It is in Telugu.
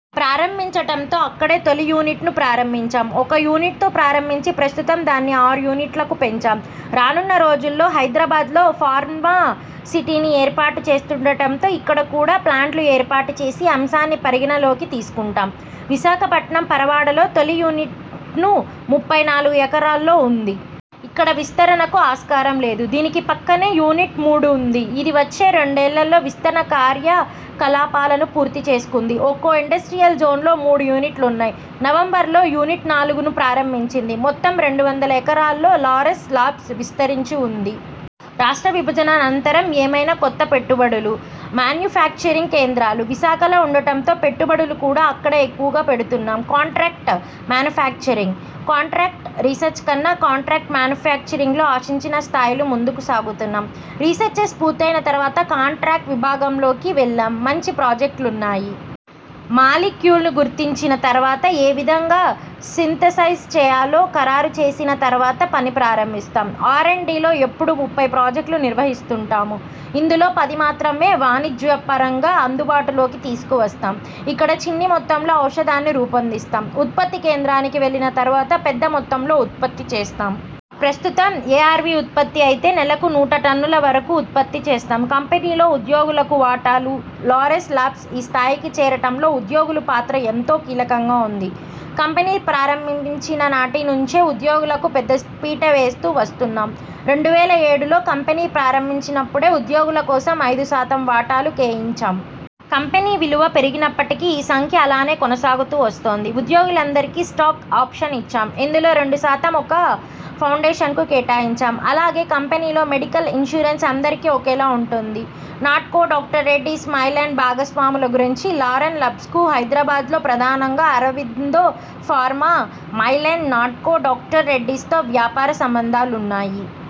ప్రారంభించటంతో అక్కడే తొలి యూనిట్ను ప్రారంభించాం. ఒక యూనిట్తో ప్రారంభించి ప్రస్తుతం దాన్ని ఆరు యూనిట్లకు పెంచాం. రానున్న రోజుల్లో హైదరాబాద్లో ఫార్మా సిటీని ఏర్పాటు చేస్తుండటంతో ఇక్కడ కూడా ప్లాంట్లు ఏర్పాటు చేసే అంశాన్ని పరిగణనలోకి తీసుకుంటాం. విశాఖపట్నం పరవాడలో తొలి యూనిట్ను ముప్పై నాలుగు ఎకరాల్లో ఉంది. ఇక్కడ విస్తరణకు ఆస్కారం లేదు. దీనికి పక్కనే యూనిట్ మూడు ఉంది. ఇది వచ్చే రెండేళ్లలో విస్తరణ కార్యకలాపాలను పూర్తి చేసుకోనుంది. ఒక్కో ఇండస్ట్రియల్ జోన్లో మూడు యూనిట్లున్నాయి. నవంబరులో యూనిట్ నాలుగును ప్రారంభించింది. మొత్తం రెండు వందల ఎకరాల్లో లారస్ లాబ్స్ విస్తరించి ఉంది. రాష్ట్ర విభజన అనంతరం ఏమైనా కొత్త పెట్టుబడులు? మాన్యుఫ్యాక్చరింగ్ కేంద్రాలు విశాఖలో ఉండటంతో పెట్టుబడులు కూడా అక్కడే ఎక్కువగా పెడుతున్నాం. Contract manufacturing? కాంట్రాక్ట్ రీసెర్చ్ కన్నా కాంట్రాక్ట్ మాన్యుఫ్యాక్చరింగ్లో ఆశించిన స్థాయిలో ముందుకు సాగుతున్నాం. రీసెర్చ్స్ పూర్తయిన తర్వాత కాంట్రాక్టు విభాగంలోకి వెళ్లాం. మంచి ప్రాజెక్టులున్నాయి. మాలిక్యూల్ను గుర్తించిన తర్వాత ఏ విధంగా సింథసైజ్ చేయాలో ఖరారు చేసిన తర్వాత పని ప్రారంభిస్తాం. ఆర్ అండ్ డి లో ఎప్పుడు ముప్పై ప్రాజెక్టులు నిర్వహిస్తుంటాం. ఇందులో పది మాత్రమే వాణిజ్యపరంగా అందుబాటులోకి తీసుకువస్తాం. ఇక్కడ చిన్న మొత్తంలో ఔషధాన్ని రూపొందిస్తాం. ఉత్పత్తి కేంద్రానికి వెళ్లిన తర్వాత పెద్ద మొత్తంలో ఉత్పత్తి చేస్తాం. ప్రస్తుతం ఎఆర్వి ఉత్పత్తి అయితే నెలకు నూట టన్నుల వరకు ఉత్పత్తి చేస్తాం. కంపెనీలో ఉద్యోగులకు వాటాలు? లారస్ లాబ్స్ ఈ స్థాయికి చేరటంలో ఉద్యోగుల పాత్ర ఎంతో కీలకంగా ఉంది. కంపెనీ ప్రారంభించిన నాటి నుంచే ఉద్యోగులకు పెద్ద పీట వేస్తూ వస్తున్నాం. రెండు వేల ఏడులో కంపెనీ ప్రారంభించినప్పుడే ఉద్యోగుల కోసం ఐదు శాతం వాటాలు కేయించాం. కంపెనీ విలువ పెరిగినప్పటికీ ఈ సంఖ్య అలానే కొనసాగుతూ వస్తోంది. ఉద్యోగులందరికీ స్టాక్ ఆప్షన్స్ ఇచ్చాం. ఇందులో రెండు శాతం ఒక ఫౌండేషన్కు కేటాయించాం. అలాగే కంపెనీలో మెడికల్ ఇన్సూరెన్స్ అందరికీ ఒకేలా ఉంటుంది. నాట్కో, డాక్టర్ రెడ్డీస్, మైలాన్ భాగస్వామ్యాల గురించి.. లారస్ లాబ్స్కు హైదరాబాద్లో ప్రధానంగా Aurobindo pharma, Mylan, Natco, doctor Reddy's తో వ్యాపార సంంబంధాలున్నాయి.